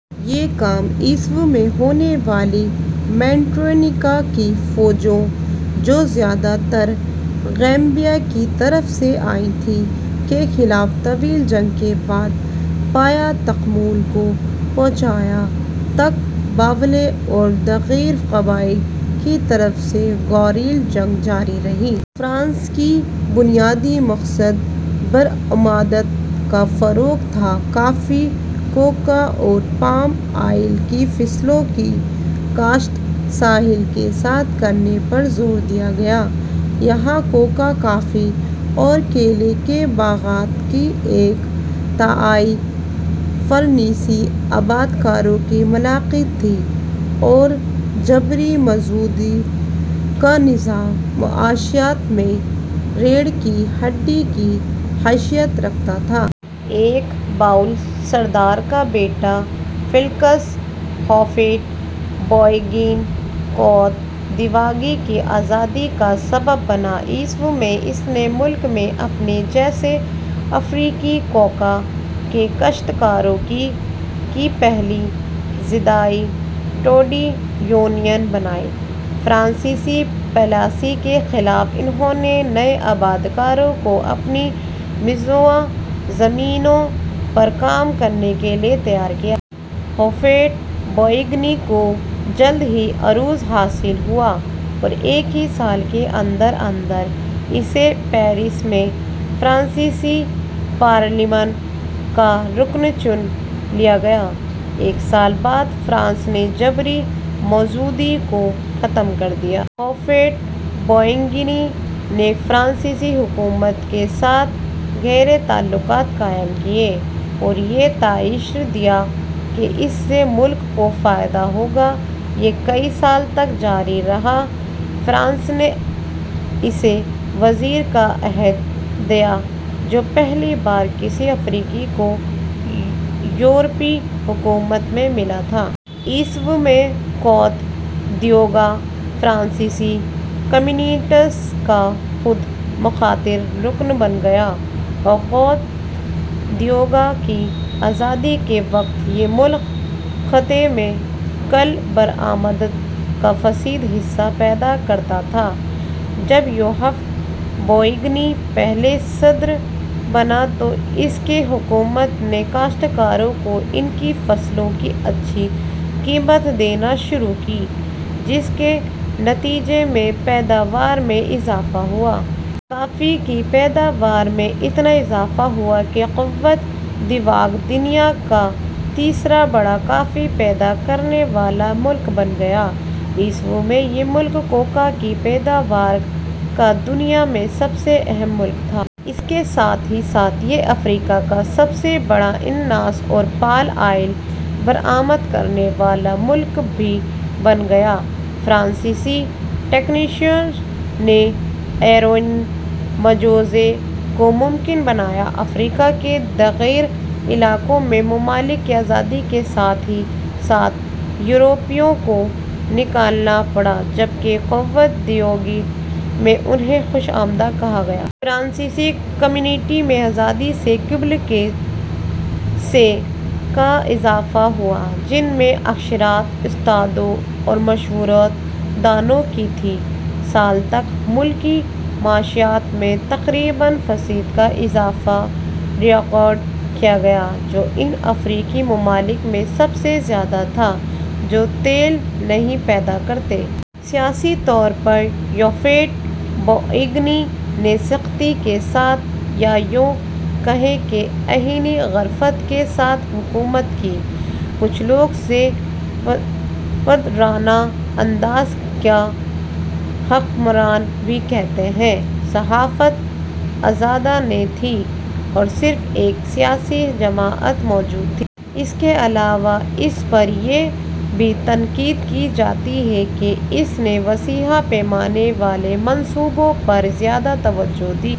یہ کام ء میں ہونے والی مینڈرینکا کی فوجوں جو زیادہ تر گیمبیا کی طرف سے آئی تھیں، کے خلاف طویل جنگ کے بعد پایہ تکمیل کو پہنچا۔ ء تک باولے اور دیگر قبائل کی طرف سے گوریلا جنگ جاری رہی۔ فرانس کا بنیادی مقصد برآمدات کا فروغ تھا۔ کافی، کوکا اور پام آئل کی فصلوں کی کاشت ساحل کے ساتھ کرنے پر زور دیا گیا۔ یہاں کوکا، کافی اور کیلے کے باغات کی ایک تہائی فرانسیسی آبادکاروں کی ملکیت تھی اور جبری مزدوری کا نظام معیشت میں ریڑھ کی ہڈی کی حیثیت رکھتا تھا۔ ایک باؤل سردار کا بیٹافیلکس ہوفویٹ-بوئیگنی کوت دیواغ کی آزادی کا سبب بنا۔ ء میں اس نے ملک میں اپنے جیسے افریقی کوکا کے کاشتکاروں کی کی پہلی زرعی ٹریڈ یونین بنائی۔ فرانسیسی پالیسی کے خلاف انھوں نے نئے آبادکاروں کو اپنی مزروعہ زمینوں پر کام کے لیے تیار کیا۔ ہوفویٹ-بوئیگنی کو جلد ہی عروج حاصل ہوا اور ایک ہی سال کے اندر اندر اسے پیرس میں فرانسیسی پارلیمان کا رکن چن لیا گیا۔ ایک سال بعد فرانس نے جبری مزدوری کو ختم کر دیا۔ ہوفویٹ-بوئیگنی نے فرانسیسی حکومت کے ساتھ گہرے تعلقات قائم کیے اور یہ تائثر دیا کہ اس سے ملک کو فائدہ ہوگا۔ یہ کئی سال تک جاری رہا۔ فرانس نے اسے وزیر کا عہدہ دیا جو پہلی بار کسی افریقی کو یورپی حکومت میں ملا تھا۔ ء میں کوت دیواغ فرانسیسی کمیونٹی کا خود مختار رکن بن گیا۔ کوت دیواغ کی آزادی کے وقت یہ ملک خطے میں کل برآمدات کا فیصد حصہ پیدا کرتا تھا۔ جب ہوفویٹ-بوئیگنی پہلا صدر بنا تو اس کی حکومت نے کاشتکاروں کو ان کی فصلوں کی اچھی قیمت دینا شروع کی جس کے نتیجے میں پیداوار میں اضافہ ہوا۔ کافی کی پیداوار میں اتنا اضافہ ہوا کہ کوت دیواغ دنیا کا تیسرا بڑا کافی پیدا کرنے والا ملک بن گیا۔ ء میں یہ ملک کوکا کی پیدوار کا دنیا میں سب سے اہم ملک تھا۔ اس کے ساتھ ہی ساتھ یہ افریقہ کا سب سے بڑا انناناس اور پال آئل برآمد کرنے والا ملک بھی بن گیا۔ فرانسیسی ٹیکنیشنوں نے آئیورین معجزے کو ممکن بنایا۔ افریقہ کے دیگر علاقوں میں ممالک کی آزادی کے ساتھ ہی ساتھ یورپیوں کو نکلنا پڑا جبکہ کوت دیواغ میں انھیں خوش آمدید کہا گیا۔ فرانسیسی کمیونٹی میں آزادی سے قبل کے سے کا اضافہ ہوا جن میں اکثریت استادوں اور مشاورت دانوں کی تھی۔ سال تک ملکی معیشت میں تقریباً فیصد کا اضافہ ریکارڈ کیا گیا جو ان افریقی ممالک میں سب سے زیادہ تھا جو تیل نہیں پیدا کرتے۔ سیاسی طور پر ہوفویٹ-بوئیگنی نے سختی کے ساتھ یا یوں کہیں کہ آہنی گرفت کے ساتھ حکومت کی۔ کچھ لوگ اسے پدرانہ انداز کا حکمران بھی کہتے ہیں۔ صحافت آزاد نہ تھی اور صرف ایک سیاسی جماعت موجود تھی۔ اس کے علاوہ اس پر یہ بھی تنقید کی جاتی ہے کہ اس نے وسیع پیمانے والے منصوبوں پر زیادہ توجہ دی۔